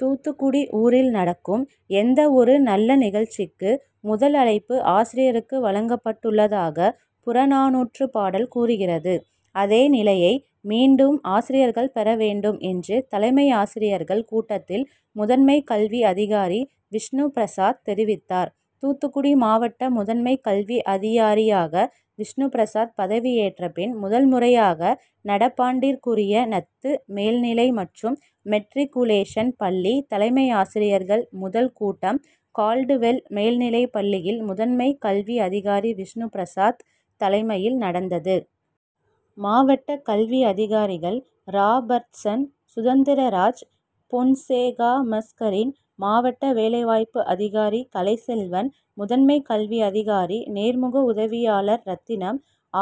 தூத்துக்குடி ஊரில் நடக்கும் எந்த ஒரு நல்ல நிகழ்ச்சிக்கு முதல் அழைப்பு ஆசிரியருக்கு வழங்கப்பட்டுள்ளதாக புறநானுற்று பாடல் கூறுகிறது. அதே நிலையை மீண்டும் ஆசிரியர்கள் பெற வேண்டும் என்று தலைமையாசிரியர்கள் கூட்டத்தில் முதன்மை கல்வி அதிகாரி விஷ்ணுபிரசாத் தெரிவித்தார். தூத்துக்குடி மாவட்ட முதன்மை கல்வி அதியாரியாக விஷ்ணுபிரசாத் பதவி ஏற்ற பின் முதல் முறையாக நடப்பாண்டிற்குரிய னத்து மேல்நிலை மற்றும் மெட்ரிக்குலேஷன் பள்ளி தலைமையாசிரியர்கள் முதல் கூட்டம் கால்டுவெல் மேல்நிலைப் பள்ளியில் முதன்மை கல்வி அதிகாரி விஷ்ணுபிரசாத் தலைமையில் நடந்தது. மாவட்ட கல்வி அதிகாரிகள் ராபர்ட்சன் சுதந்திரராஜ் பொன்சேகாமஸ்கரின் மாவட்ட வேலைவாய்ப்பு அதிகாரி கலைச்செல்வன் முதன்மை கல்வி அதிகாரி நேர்முக உதவியாளர் ரத்தினம்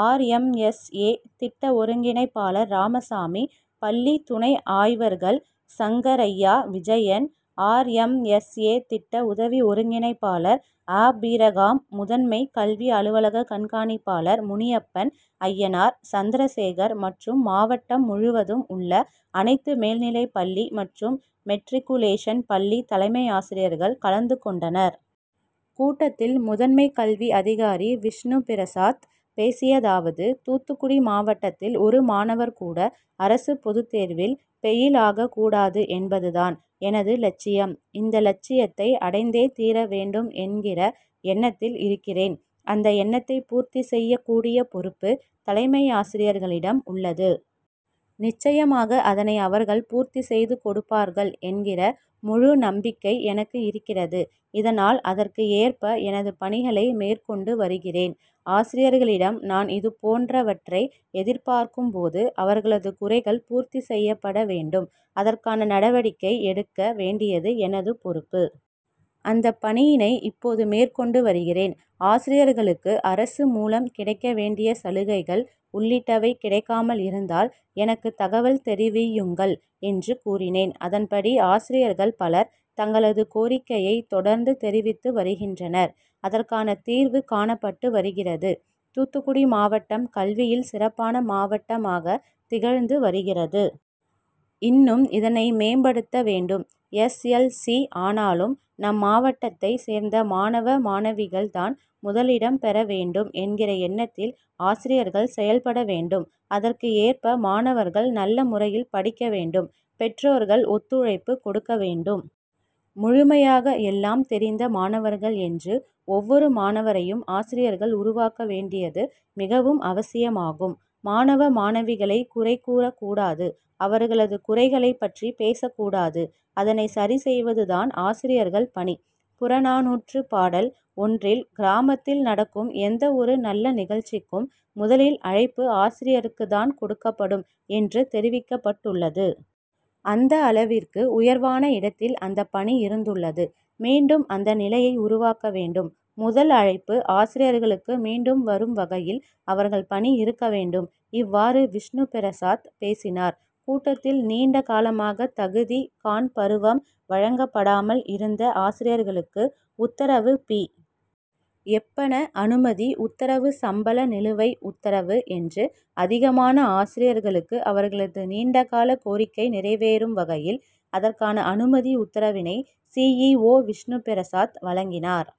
ஆர்எம்எஸ்ஏ திட்ட ஒருங்கிணைப்பாளர் ராமசாமி பள்ளித்துணை ஆய்வர்கள் சங்கரய்யா விஜயன் ஆர்எம்எஸ்ஏ திட்ட உதவி ஒருங்கிணைப்பாளர் ஆபிரகாம் முதன்மை கல்வி அலுவலக கண்காணிப்பாளர் முனியப்பன் அய்யனார் சந்திரசேகர் மற்றும் மாவட்டம் முழுவதும் உள்ள அனைத்து மேல்நிலைப்பள்ளி மற்றும் மெட்ரிக்குலேஷன் பள்ளி தலைமையாசிரியர்கள் கலந்து கொண்டனர். கூட்டத்தில் முதன்மை கல்வி அதிகாரி விஷ்ணுபிரசாத் பேசியதாவது; தூத்துக்குடி மாவட்டத்தில் ஒரு மாணவர் கூட அரசு பொது தேர்வில் பெயில் ஆகக் கூடாது என்பது தான் எனது லட்சியம். இந்த லட்சியத்தை அடைந்தே தீரவேண்டும் என்கிற எண்ணத்தில் இருக்கிறேன். அந்த எண்ணத்தை பூர்த்தி செய்யக் கூடிய பொறுப்பு தலைமையாசிரியர்களிடம் உள்ளது. நிச்சயமாக அதனை அவர்கள் பூர்த்தி செய்து கொடுப்பார்கள் என்கிற முழு நம்பிக்கை எனக்கு இருக்கிறது. இதனால் அதற்கு ஏற்ப எனது பணிகளை மேற்கொண்டு வருகிறேன். ஆசிரியர்களிடம் நான் இதுபோன்றவற்றை எதிர்பார்க்கும் போது அவர்களது குறைகள் பூர்த்தி செய்யப்பட வேண்டும். அதற்கான நடவடிக்கை எடு க்க வேண்டியது எனது பொறுப்பு. அந்த பணியினை இப்போது மேற்கொண்டு வருகிறேன். ஆசிரியர்களுக்கு அரசு மூலம் கிடைக்க வேண்டிய சலுகைகள் உள்ளிட்டவை கிடைக்காமல் இருந்தால் எனக்கு தகவல் தெரிவியுங்கள் என்று கூறினேன். அதன்படி ஆசிரியர்கள் பலர் தங்களது கோரிக்கையை தொடர்ந்து தெரிவித்து வருகின்றனர். அதற்கான தீர்வு காணப்பட்டு வருகிறது. தூத்துக்குடி மாவட்டம் கல்வியில் சிறப்பான மாவட்டமாக திக ழ்ந்து வருகிறது. இன்னும் இதனை மேம்படுத்த வேண்டும். எஸ். எல். சி ஆனாலும் நம் மாவட்டத்தை சேர்ந்த மாணவ மாணவிகள் தான் முதலிடம் பெற வேண்டும் என்கிற எண்ணத்தில் ஆசிரியர்கள் செயல்பட வேண்டும். அதற்கு ஏற்ப மாணவர்கள் நல்ல முறையில் படிக்க வேண்டும். பெற்றோர்கள் ஒத்துழைப்பு கொடுக்க வேண்டும். முழுமையாக எல்லாம் தெரிந்த மாணவர்கள் என்று ஒவ்வொரு மாணவரையும் ஆசிரியர்கள் உருவாக்க வேண்டியது மிகவும் அவசியமாகும். மாணவ மாணவிகளை குறை கூறக் கூடாது. அவர்களது குறைகளை பற்றி பேசக் கூடாது. அதனை சரி செய்வது தான் ஆசிரியர்கள் பணி. புறநானூற்று பாடல் ஒன்றில் கிராமத்தில் நடக்கும் எந்த ஒரு நல்ல நிகழ்ச்சிக்கும் முதலில் அழைப்பு ஆசிரியருக்கு தான் கொடுக்கப்படும் என்று தெரிவிக்கப்பட்டுள்ளது. அந்த அள விற்கு உயர்வான இடத்தில் அந்த பணி இருந்துள்ளது. மீண்டும் அந்த நிலையை உருவாக்க வேண்டும். முதல் அழைப்பு ஆசிரியர்களுக்கு மீண்டும் வரும் வகையில் அவர்கள் பணி இருக்க வேண்டும். இவ்வாறு விஷ்ணுபிரசாத் பேசினார். கூட்டத்தில் நீண்ட காலமாக தகுதி காண் பருவம் வழங்கப்படாமல் இருந்த ஆசிரியர்களுக்கு உத்தரவு பி. எப்பண அனுமதி உத்தரவு சம்பள நிலுவை உத்தரவு என்று அதிகமான ஆசிரியர்களுக்கு அவர்களது நீண்ட கால கோரிக்கை நிறைவேறும் வகையில் அதற்கான அனுமதி உத்தரவினை சி. இ. ஓ விஷ்ணுபிரசாத் வழங்கினார்.